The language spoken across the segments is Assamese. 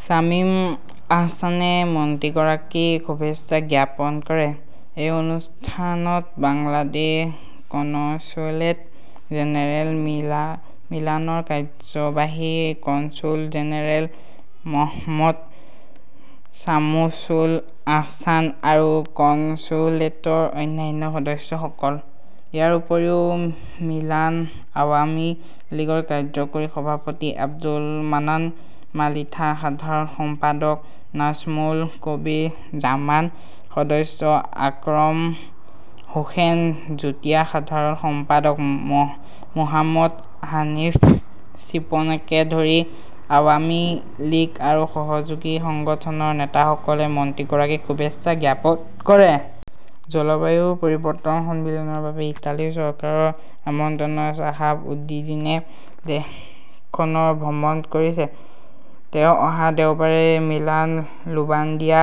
শ্বামিম আহছানে মন্ত্ৰীগৰাকীক শুভেচ্ছা জ্ঞাপন কৰে। এই অনুষ্ঠানত বাংলাদেশ কনস্যুলেট জেনেৰেল মিলানৰ কাৰ্যবাহী কনছুল জেনেৰেল মহম্মদ চামছুল আহছান আৰু কনস্যুলেটৰ অন্যান্য সদস্যসকল। ইয়াৰ উপৰিও মিলান আৱামী লীগৰ কাৰ্যকৰী সভাপতি আব্দুল মান্নান মালিথা, সাধাৰণ সম্পাদক নাজ্মুল কবীৰ জামান, সদস্য আকৰম হোসেন, যুটীয়া সাধাৰণ সম্পাদক মোহাম্মদ হানিফ শ্বিপনকে ধৰি আৱামী লীগ আৰু সহযোগী সংগঠনৰ নেতাসকলে মন্ত্ৰীগৰাকীক শুভেচ্ছা জ্ঞাপন কৰে। জলবায়ু পৰিৱৰ্তন সন্মিলনৰ বাবে ইটালী চৰকাৰৰ আমন্ত্ৰণত শ্বাহাব উদ্দিনে দেশখন ভ্ৰমণ কৰিছে। তেওঁ অহা দেওবাৰে মিলান লোম্বাৰ্ডিয়া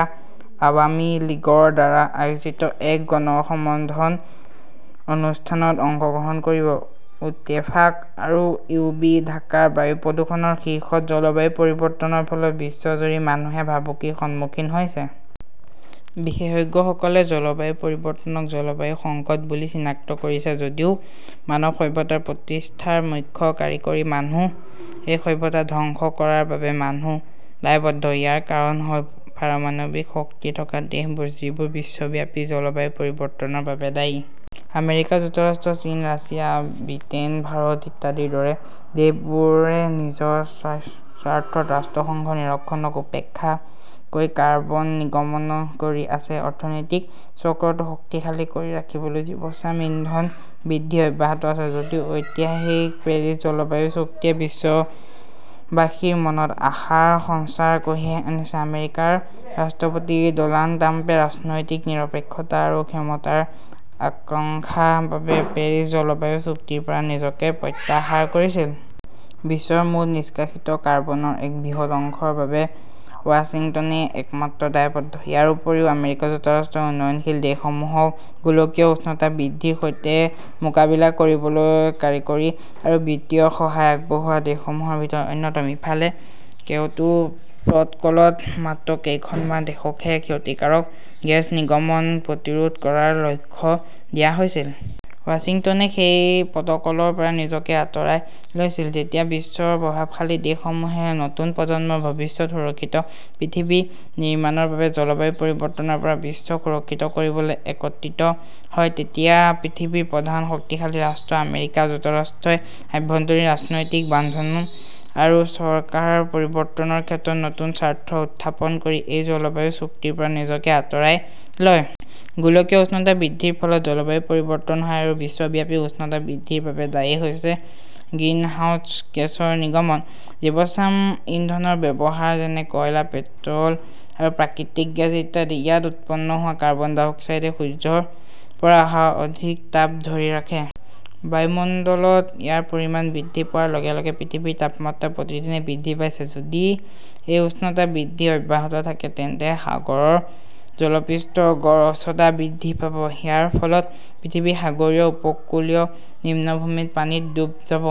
আৱামী লীগৰ দ্বাৰা আয়োজিত এক গণ সম্বৰ্ধন অনুষ্ঠানত অংশগ্ৰহণ কৰিব। ইত্তেফাক আৰু ইউবি ঢাকাৰ বায়ু প্ৰদূষণৰ শীৰ্ষত জলবায়ু পৰিৱৰ্তনৰ ফলত বিশ্বজুৰি মানুহে ভাবুকিৰ সন্মুখীন হৈছে। বিশেষজ্ঞসকলে জলবায়ু পৰিৱৰ্তনক জলবায়ু সংকট বুলিও চিনাক্ত কৰিছে। যদিও মানৱ সভ্যতাৰ প্ৰতিষ্ঠাৰ মুখ্য কাৰিকৰী মানুহ, এই সভ্যতা ধ্বংস কৰাৰ বাবে মানুহ দায়বদ্ধ। ইয়াৰ কাৰণ হ'ল পাৰমাণৱিক শক্তি থকা দেশবোৰ, যিবোৰ বিশ্বব্যাপী জলবায়ু পৰিৱৰ্তনৰ বাবে দায়ী। আমেৰিকা যুক্তৰাষ্ট্ৰ, চীন, ৰাছিয়া, ব্ৰিটেইন, ভাৰত ইত্যাদিৰ দৰে দেশবোৰে নিজৰ স্বাৰ্থত ৰাষ্ট্ৰসংঘৰ নিৰীক্ষণক উপেক্ষা কৰি কাৰ্বন নিৰ্গমন কৰি আছে। অৰ্থনৈতিক চক্ৰটো শক্তিশালী কৰি ৰাখিবলৈ জীৱাশ্ম ইন্ধন বৃদ্ধি অব্যাহত আছে। যদিও ঐতিহাসিক পেৰিছ জলবায়ু চুক্তিয়ে বিশ্ববাসীৰ মনত আশাৰ সঞ্চাৰ কঢ়িয়াই আনিছে, আমেৰিকাৰ ৰাষ্ট্ৰপতি ড'নাল্ড ট্ৰাম্পে ৰাজনৈতিক নিৰপেক্ষতা আৰু ক্ষমতাৰ আকাংক্ষা বাবে পেৰিছ জলবায়ু চুক্তিৰ পৰা নিজকে প্ৰত্যাহাৰ কৰিছিল। বিশ্বৰ মুঠ নিষ্কাশিত কাৰ্বনৰ এক বৃহৎ অংশৰ বাবে ৱাশ্বিংটনেই একমাত্ৰ দায়বদ্ধ। ইয়াৰ উপৰিও আমেৰিকা যুক্তৰাষ্ট্ৰ উন্নয়নশীল দেশসমূহক গোলকীয় উষ্ণতা বৃদ্ধিৰ সৈতে মোকাবিলা কৰিবলৈ কাৰিকৰী আৰু বিত্তীয় সহায় আগবঢ়োৱা দেশসমূহৰ ভিতৰত অন্যতম। ইফালে, কিয়োটো প্ৰট'কলত মাত্ৰ কেইখনমান দেশকহে ক্ষতিকাৰক গেছ নিৰ্গমন প্ৰতিৰোধ কৰাৰ লক্ষ্য দিয়া হৈছিল। ৱাশ্বিংটনে সেই প্ৰট'কলৰ পৰা নিজকে আঁতৰাই লৈছিল। যেতিয়া বিশ্বৰ প্ৰভাৱশালী দেশসমূহে নতুন প্ৰজন্মৰ ভৱিষ্যত সুৰক্ষিত পৃথিৱী নিৰ্মাণৰ বাবে জলবায়ু পৰিৱৰ্তনৰ পৰা বিশ্বক সুৰক্ষিত কৰিবলৈ একত্ৰিত হয়, তেতিয়া পৃথিৱীৰ প্ৰধান শক্তিশালী ৰাষ্ট্ৰ আমেৰিকা যুক্তৰাষ্ট্ৰই আভ্যন্তৰীণ ৰাজনৈতিক বান্ধোন আৰু চৰকাৰ পৰিৱৰ্তনৰ ক্ষেত্ৰত নতুন স্বাৰ্থ উত্থাপন কৰি এই জলবায়ু চুক্তিৰ পৰা নিজকে আঁতৰাই লয়। গোলকীয় উষ্ণতা বৃদ্ধিৰ ফলত জলবায়ু পৰিৱৰ্তন হয় আৰু বিশ্বব্যাপী উষ্ণতা বৃদ্ধিৰ বাবে দায়ী হৈছে গ্ৰিনহাউছ গেছৰ নিৰ্গমন। জীৱশাম ইন্ধনৰ ব্যৱহাৰ যেনে, কয়লা পেট্ৰ'ল আৰু প্ৰাকৃতিক গেছ ইত্যাদি। ইয়াত উৎপন্ন হোৱা কাৰ্বন ডাই-অক্সাইডে সূৰ্যৰ পৰা অহা অধিক তাপ ধৰি ৰাখে। বায়ুমণ্ডলত ইয়াৰ পৰিমাণ বৃদ্ধি পোৱাৰ লগে লগে পৃথিৱীৰ তাপমাত্ৰা প্ৰতিদিনে বৃদ্ধি পাইছে। যদি এই উষ্ণতা বৃদ্ধি অব্যাহত থাকে, তেন্তে সাগৰৰ জলপৃষ্ঠৰ গড় উচ্চতা বৃদ্ধি পাব। ইয়াৰ ফলত পৃথিৱীৰ সাগৰীয় উপকূলীয় নিম্নভূমি পানীত ডুব যাব।